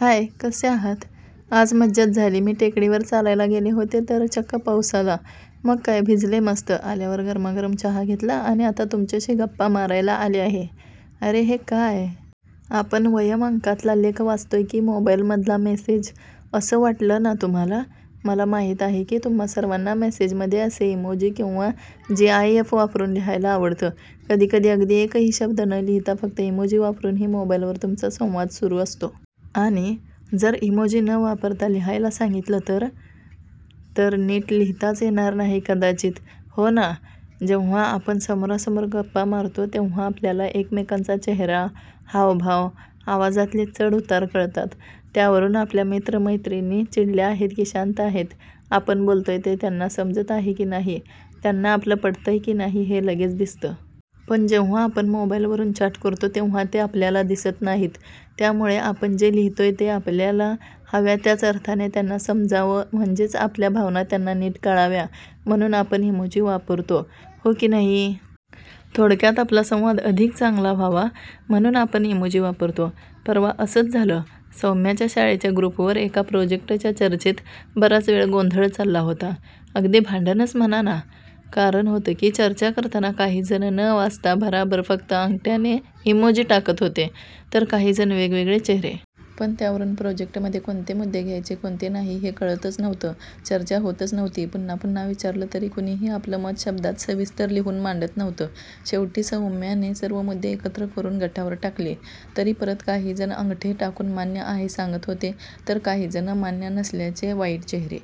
हाय! कसे आहात? आज मज्जाच झाली. मी टेकडीवर चालायला गेले होते तर चक्क पाऊस आला. मग काय भिजले मस्त. आल्यावर गरमागरम चहा घेतला आणि आता तुमच्याशी गप्पा मारायला आले आहे. अरे हे काय? आपण वयम् अंकातला लेख वाचतोय की मोबाइलमधला मेसेज!' असं वाटलं ना तुम्हांला? मला माहीत आहे की तुम्हा सर्वांना मेसेजमध्ये असे इमोजी किंवा जीआयएफ वापरून लिहायला आवडतं. कधीकधी अगदी एकही शब्द न लिहिता फक्त इमोजी वापरूनही मोबाइलवर तुमचा संवाद सुरू असतो. आणि जर इमोजी न वापरता लिहायला सांगितलं तर? तर नीट लिहिताच येणार नाही कदाचित! हो ना? जेव्हा आपण समोरासमोर गप्पा मारतो तेव्हा आपल्याला एकमेकांचा चेहरा, हावभाव, आवाजातले चढ-उतार कळतात. त्यावरून आपल्या मित्र-मैत्रिणी चिडल्या आहेत की शांत आहेत, आपण बोलतोय ते त्यांना समजतं आहे की नाही, त्यांना आपलं पटतंय की नाही हे लगेच दिसतं. पण जेव्हा आपण मोबाइलवरून चॅट करतो, तेव्हा ते आपल्याला दिसत नाहीत. त्यामुळे आपण जे लिहितोय ते आपल्याला हव्या त्याच अर्थाने त्यांना समजावं म्हणजेच आपल्या भावना त्यांना नीट कळाव्या म्हणून आपण इमोजी वापरतो, हो की नाही? थोडक्यात आपला संवाद अधिक चांगला व्हावा म्हणून आपण इमोजी वापरतो. परवा असंच झालं, सौम्याच्या शाळेच्या ग्रुपवर एका प्रोजेक्टच्या चर्चेत बराच वेळ गोंधळ चालला होता. अगदी भांडणंच म्हणा ना! कारण होतं की चर्चा करताना काहीजण न वाचता भराभर फक्त अंगठ्याचे इमोजी टाकत होते, तर काहीजण वेगवेगळे चेहरे! पण त्यावरून प्रोजेक्टमध्ये कोणते मुद्दे घ्यायचे, कोणते नाही, हे कळतंच नव्हतं. चर्चा होतच नव्हती. पुन्हा पुन्हा विचारलं तरी कुणीही आपलं मत शब्दांत सविस्तर लिहून मांडत नव्हतं. शेवटी सौम्याने सर्व मुद्दे एकत्र करून गटावर टाकले, तरी परत काहीजण अंगठे टाकून मान्य आहे सांगत होते, तर काहीजण मान्य नसल्याचे वाईट चेहरे.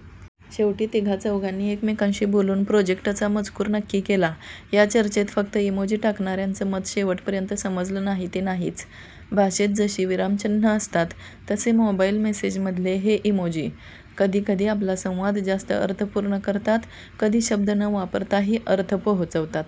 शेवटी तिघा-चौघांनी एकमेकांशी बोलून प्रोजेक्टचा मजकूर नक्की केला. या चर्चेत फक्त इमोजी टाकणाऱ्यांचं मत शेवटपर्यंत समजलं नाही ते नाहीच. भाषेत जशी विरामचिन्हं असतात, तसे मोबाइल मेसेजमधले हे इमोजी. कधीकधी आपला संवाद जास्त अर्थपूर्ण करतात, कधी शब्द न वापरताही अर्थ पोहोचवतात.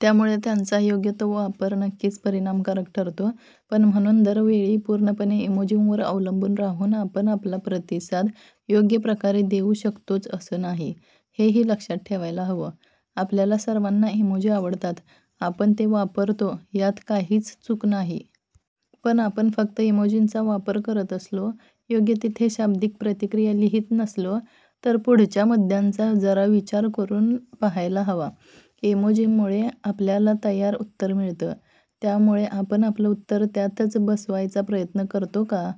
त्यामुळे त्यांचा योग्य तो वापर नक्कीच परिणामकारक ठरतो, पण म्हणून दरवेळी पूर्णपणे इमोजींवर अवलंबून राहून आपण आपला प्रतिसाद योग्य प्रकारे देऊ शकतोच असं नाही, हेही लक्षात ठेवायला हवं. आपल्याला सर्वांना इमोजी आवडतात. आपण ते वापरतो, यात काहीच चूक नाही. पण आपण फक्त इमोजींचा वापर करत असलो, योग्य तिथे शाब्दिक प्रतिक्रिया लिहित नसलो, तर पुढच्या मुद्द्यांचा जरा विचार करून पाहायला हवा. इमोजीमुळे आपल्याला तयार उत्तर मिळतं, त्यामुळे आपण आपलं उत्तर त्यातच बसवायचा प्रयत्न करतो का?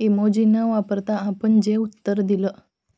इमोजी न वापरता आपण जे उत्तर दिलं